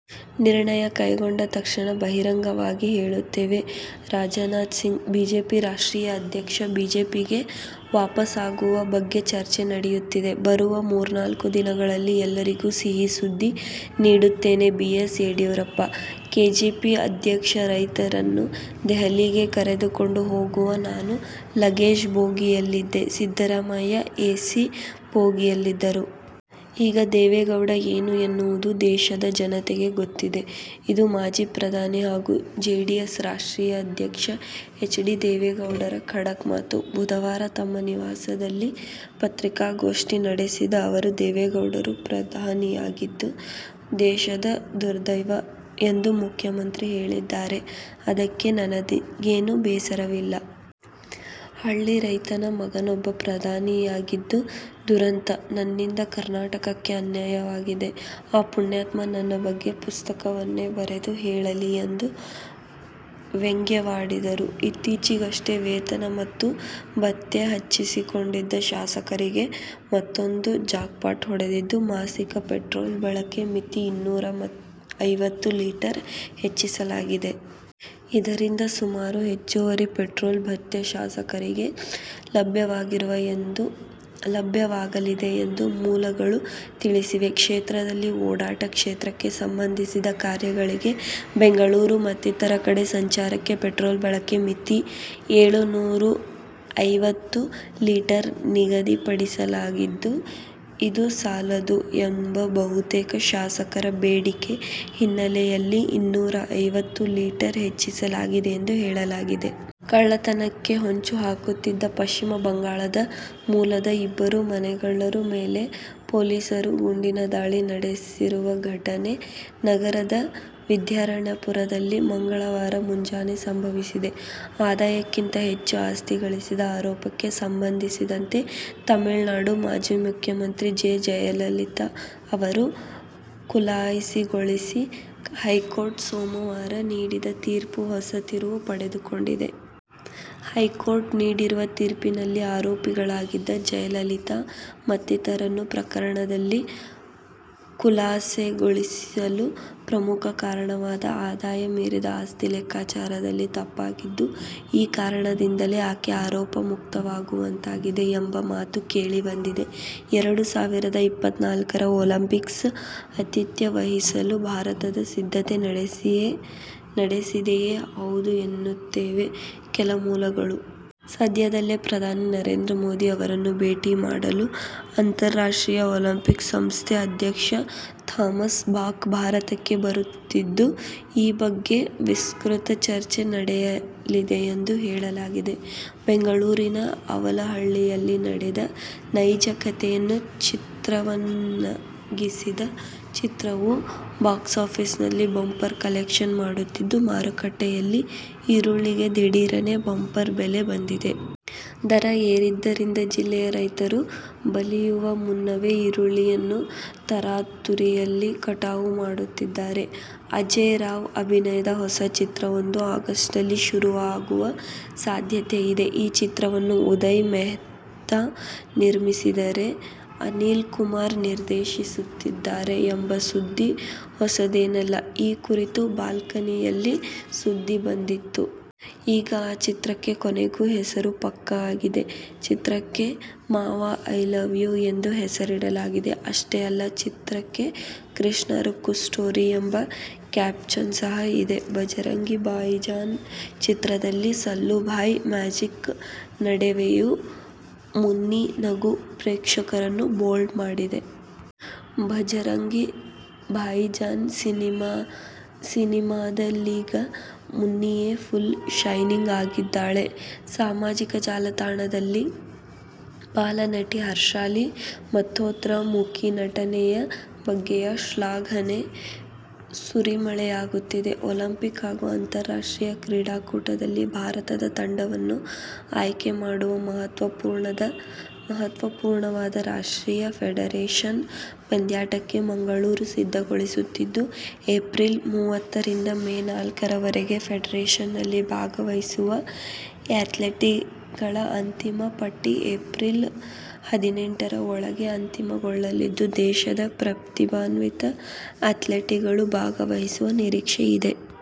ನಿರ್ಣಯ ಕೈಗೊಂಡ ತಕ್ಷಣ ಬಹಿರಂಗವಾಗಿ ಹೇಳುತ್ತೇವೆ-ರಾಜನಾಥ್ ಸಿಂಗ್, ಬಿಜೆಪಿ ರಾಷ್ಟ್ರೀಯ ಅಧ್ಯಕ್ಷ ಬಿಜೆಪಿಗೆ ವಾಪಸಾಗುವ ಬಗ್ಗೆ ಚರ್ಚೆ ನಡೆಯುತ್ತಿದೆ. ಬರುವ ಮೂರ್ನಾಲ್ಕು ದಿನಗಳಲ್ಲಿ ಎಲ್ಲರಿಗೂ ಸಿಹಿ ಸುದ್ದಿ ನೀಡುತ್ತೇನೆ-ಬಿ. ಎಸ್. ಯಡಿಯೂರಪ್ಪ, ಕೆಜೆಪಿ ಅಧ್ಯಕ್ಷ ರೈತರನ್ನು ದೆಹಲಿಗೆ ಕರೆದುಕೊಂಡು ಹೋಗುವಾಗ ನಾನು ಲಗೇಜ್ ಬೋಗಿಯಲ್ಲಿದ್ದೆ, ಸಿದ್ದರಾಮಯ್ಯ ಎ ಸಿ ಬೋಗಿಯಲ್ಲಿದ್ದರು. ಈ ದೇವೇಗೌಡ ಏನು ಎನ್ನುವುದು ದೇಶದ ಜನತೆಗೆ ಗೊತ್ತಿದೆ. ಇದು ಮಾಜಿ ಪ್ರಧಾನಿ ಹಾಗೂ ಜೆಡಿಎಸ್ ರಾಷ್ಟ್ರೀಯ ಅಧ್ಯಕ್ಷ ಎಚ್. ಡಿ. ದೇವೇಗೌಡರ ಖಡಕ್ ಮಾತು. ಬುಧವಾರ ತಮ್ಮ ನಿವಾಸದಲ್ಲಿ ಪತ್ರಿಕಾಗೋಷ್ಠಿ ನಡೆಸಿದ ಅವರು, ದೇವೇಗೌಡರು ಪ್ರಧಾನಿಯಾಗಿದ್ದು ದೇಶದ ದುರ್ದೈವ ಎಂದು ಮುಖ್ಯಮಂತ್ರಿ ಹೇಳಿದ್ದಾರೆ, ಅದಕ್ಕೆ ನನಗೇನೂ ಬೇಸರವಿಲ್ಲ. ಹಳ್ಳಿ ರೈತನ ಮಗನೊಬ್ಬ ಪ್ರಧಾನಿಯಾಗಿದ್ದು ದುರಂತ. ನನ್ನಿಂದ ಕರ್ನಾಟಕಕ್ಕೆ ಅನ್ಯಾಯವಾಗಿದೆ. ಆ ಪುಣ್ಯಾತ್ಮ ನನ್ನ ಬಗ್ಗೆ ಪುಸ್ತಕವನ್ನೇ ಬರೆದು ಹೇಳಲಿ ಎಂದು ವ್ಯಂಗ್ಯವಾಡಿದರು. ಇತ್ತೀಚೆಗಷ್ಟೇ ವೇತನ ಮತ್ತು ಭತ್ಯೆ ಹೆಚ್ಚಿಸಿಕೊಂಡಿದ್ದ ಶಾಸಕರಿಗೆ ಮತ್ತೂಂದು ಜಾಕ್ಪಾಟ್' ಹೊಡೆದಿದ್ದು, ಮಾಸಿಕ ಪೆಟ್ರೋಲ್ ಬಳಕೆ ಮಿತಿ ಇನ್ನೂರ ಐವತ್ತು ಲೀಟರ್ ಹೆಚ್ಚಿಸಲಾಗಿದೆ. ಇದರಿಂದ ಸುಮಾರು ಹೆಚ್ಚುವರಿ ಪೆಟ್ರೋಲ್ ಭತ್ಯೆ ಶಾಸಕರಿಗೆ ಲಭ್ಯವಾಗಲಿದೆ ಎಂದು ಮೂಲಗಳು ತಿಳಿಸಿವೆ. ಕ್ಷೇತ್ರದಲ್ಲಿ ಓಡಾಟ, ಕ್ಷೇತ್ರಕ್ಕೆ ಸಂಬಂಧಿಸಿದ ಕಾರ್ಯಗಳಿಗೆ ಬೆಂಗಳೂರು ಮತ್ತಿತರ ಕಡೆ ಸಂಚಾರಕ್ಕೆ ಪೆಟ್ರೋಲ್ ಬಳಕೆ ಮಿತಿ ಏಳು ನೂರ ಐವತ್ತು ಲೀಟರ್ ನಿಗದಿ ಪಡಿಸಲಾಗಿತ್ತು. ಇದು ಸಾಲದು ಎಂಬ ಬಹುತೇಕ ಶಾಸಕರ ಬೇಡಿಕೆ ಹಿನ್ನೆಲೆಯಲ್ಲಿ ಇನ್ನೂರ ಐವತ್ತು ಲೀಟರ್ ಹೆಚ್ಚಿಸಲಾಗಿದೆ ಎಂದು ಹೇಳಲಾಗಿದೆ. ಕಳ್ಳತನಕ್ಕೆ ಹೊಂಚುಹಾಕುತ್ತಿದ್ದ ಪಶ್ಚಿಮಬಂಗಾಳದ ಮೂಲದ ಇಬ್ಬರು ಮನೆಗಳ್ಳರ ಮೇಲೆ ಪೊಲೀಸರು ಗುಂಡಿನ ದಾಳಿ ನಡೆಸಿರುವ ಘಟನೆ ನಗರದ ವಿದ್ಯಾರಣ್ಯಪುರದಲ್ಲಿ ಮಂಗಳವಾರ ಮುಂಜಾನೆ ಸಂಭವಿಸಿದೆ. ಆದಾಯಕ್ಕಿಂತ ಹೆಚ್ಚು ಆಸ್ತಿ ಗಳಿಸಿದ ಆರೋಪಕ್ಕೆ ಸಂಬಂಧಿಸಿದಂತೆ ತಮಿಳುನಾಡು ಮಾಜಿ ಮುಖ್ಯಮಂತ್ರಿ ಜೆ. ಜಯಲಲಿತಾ ಅವರನ್ನು ಖುಲಾಸೆಗೊಳಿಸಿ ಹೈಕೋರ್ಟ್ ಸೋಮವಾರ ನೀಡಿದ ತೀರ್ಪು ಹೊಸ ತಿರುವು ಪಡೆದುಕೊಂಡಿದೆ. ಹೈಕೋರ್ಟ್ ನೀಡಿರುವ ತೀರ್ಪಿನಲ್ಲಿ ಆರೋಪಿಗಳಾಗಿದ್ದ ಜಯಲಲಿತಾ ಮತ್ತಿತರರನ್ನು ಪ್ರಕರಣದಲ್ಲಿ ಖುಲಾಸೆಗೊಳಿಸಲು ಪ್ರಮುಖ ಕಾರಣವಾದ ಆದಾಯ ಮೀರಿದ ಆಸ್ತಿ ಲೆಕ್ಕಾಚಾರದಲ್ಲಿ ತಪ್ಪಾಗಿದ್ದು, ಈ ಕಾರಣದಿಂದಾಗಿಯೇ ಆಕೆ ಆರೋಪ ಮುಕ್ತವಾಗುವಂತಾಗಿದೆ ಎಂಬ ಮಾತು ಕೇಳಿಬಂದಿದೆ. ಎರಡು ಸಾವಿರದ ಇಪ್ಪತ್ನಾಲ್ಕರ ಒಲಿಂಪಿಕ್ಸ್ ಆತಿಥ್ಯ ವಹಿಸಲು ಭಾರತ ಸಿದ್ಧತೆ ನಡೆಸಿದೆಯೇ ಹೌದು ಎನ್ನುತ್ತವೆ ಕೆಲ ಮೂಲಗಳು. ಸದ್ಯದಲ್ಲೇ ಪ್ರಧಾನಿ ನರೇಂದ್ರ ಮೋದಿ ಅವರನ್ನು ಭೇಟಿ ಮಾಡಲು ಅಂತಾರಾಷ್ಟ್ರೀಯ ಒಲಿಂಪಿಕ್ಸ್ ಸಂಸ್ಥೆ ಅಧ್ಯಕ್ಷ ಥಾಮಸ್ ಬಾಕ್ ಭಾರತಕ್ಕೆ ಬರುತ್ತಿದ್ದು, ಈ ಬಗ್ಗೆ ವಿಸ್ತೃತ ಚರ್ಚೆ ನಡೆಯಲಿದೆಯೆಂದು ಹೇಳಲಾಗಿದೆ. ಬೆಂಗಳೂರಿನ ಅವಲಹಳ್ಳಿಯಲ್ಲಿ ನಡೆದ ನೈಜ ಕಥೆಯನ್ನು ಚಿತ್ರವನ್ನಾಗಿಸಿದ ಚಿತ್ರವು ಬಾಕ್ಸಾಫೀಸ್'ನಲ್ಲಿ ಬಂಪರ್ ಕಲೆಕ್ಷನ್ ಮಾಡುತ್ತಿದೆ. ಮಾರುಕಟ್ಟೆಯಲ್ಲಿ ಈರುಳ್ಳಿಗೆ ದಿಢೀರನೇ ಬಂಪರ್ ಬೆಲೆ ಬಂದಿದೆ. ದರ ಏರಿದ್ದರಿಂದ ಜಿಲ್ಲೆಯ ರೈತರು ಬಲಿಯುವ ಮುನ್ನವೇ ಈರುಳ್ಳಿಯನ್ನು ತರಾತುರಿಯಲ್ಲಿ ಕಟಾವು ಮಾಡುತ್ತಿದ್ದಾರೆ. ಅಜೇಯ್ ರಾವ್ ಅಭಿನಯದ ಹೊಸ ಚಿತ್ರವೊಂದು ಆಗಸ್ಟ್ನಲ್ಲಿ ಶುರುವಾಗುವ ಸಾಧ್ಯತೆ ಇದೆ, ಆ ಚಿತ್ರವನ್ನು ಉದಯ್ ಮೆಹ್ತಾ ನಿರ್ಮಿಸಿದರೆ, ಅನಿಲ್ ಕುಮಾರ್ ನಿರ್ದೇಶಿಸುತ್ತಿದ್ದಾರೆ ಎಂಬ ಸುದ್ದಿ ಹೊಸದೇನಲ್ಲ. ಈ ಕುರಿತು ಬಾಲ್ಕನಿಯಲ್ಲಿ ಸುದ್ದಿ ಬಂದಿತ್ತು. ಈಗ ಆ ಚಿತ್ರಕ್ಕೆ ಕೊನೆಗೂ ಹೆಸರು ಪಕ್ಕಾ ಆಗಿದೆ. ಚಿತ್ರಕ್ಕೆ ಮಾವ ಐ ಲವ್ ಯು ಎಂದು ಹೆಸರಿಡಲಾಗಿದೆ. ಅಷ್ಟೇ ಅಲ್ಲ, ಚಿತ್ರಕ್ಕೆ ಕೃಷ್ಣ-ರುಕ್ಕು ಸ್ಟೋರಿ ಎಂಬ ಕ್ಯಾಪ್ಶನ್ ಸಹ ಇದೆ. ಭಜರಂಗಿ ಭಾಯಿಜಾನ್ ಚಿತ್ರದಲ್ಲಿ ಸಲ್ಲೂ ಭಾಯ್ ಮ್ಯಾಜಿಕ್ ನಡುವೆಯೂ ಮುನ್ನಿ ನಗು ಪ್ರೇಕ್ಷಕರನ್ನು ಬೋಲ್ಡ್ ಮಾಡಿದೆ. ಭಜರಂಗಿ ಭಾಯಿಜಾನ್ ಸಿನಿಮಾದಲ್ಲೀಗ ಮುನ್ನಿಯೇ ಫುಲ್ ಶೈನಿಂಗ್ ಆಗಿದ್ದಾಳೆ. ಸಾಮಾಜಿಕ ಜಾಲತಾಣದಲ್ಲಿ ಬಾಲನಟಿ ಹರ್ಷಾಲಿ ಮಲ್ಹೋತ್ರಾ ಮೂಕಿ ನಟನೆಯ ಬಗ್ಗೆಯೇ ಶ್ಲಾಘನೆಯ ಸುರಿಮಳೆಯಾಗುತ್ತಿದೆ. ಒಲಿಂಪಿಕ್ ಹಾಗೂ ಅಂತಾರಾಷ್ಟ್ರೀಯ ಕ್ರೀಡಾಕೂಟದಲ್ಲಿ ಭಾರತದ ತಂಡವನ್ನು ಆಯ್ಕೆ ಮಾಡುವ ಮಹತ್ವಪೂರ್ಣವಾದ ರಾಷ್ಟ್ರೀಯ ಫೆಡರೇಶನ್ ಪಂದ್ಯಾಟಕ್ಕೆ ಮಂಗಳೂರು ಸಿದ್ದಗೊಳ್ಳುತ್ತಿದೆ. ಏಪ್ರಿಲ್ ಮೂವತ್ತರಿಂದ ಮೇ ನಾಲ್ಕರ ವರೆಗೆ ಫೆಡರೇಶನ್ನಲ್ಲಿ ಭಾಗವಹಿಸುವ ಆ್ಯತ್ಲೀಟ್ಗಳ ಅಂತಿಮ ಪಟ್ಟಿ ಏಪ್ರಿಲ್ ಹದಿನೆಂಟರ ಒಳಗೆ ಅಂತಿಮಗೊಳ್ಳಲಿದ್ದು, ದೇಶದ ಪ್ರತಿಭಾನ್ವಿತ ಆ್ಯತ್ಲೀಟ್ಗಳು ಭಾಗವಹಿಸುವ ನಿರೀಕ್ಷೆ ಇದೆ.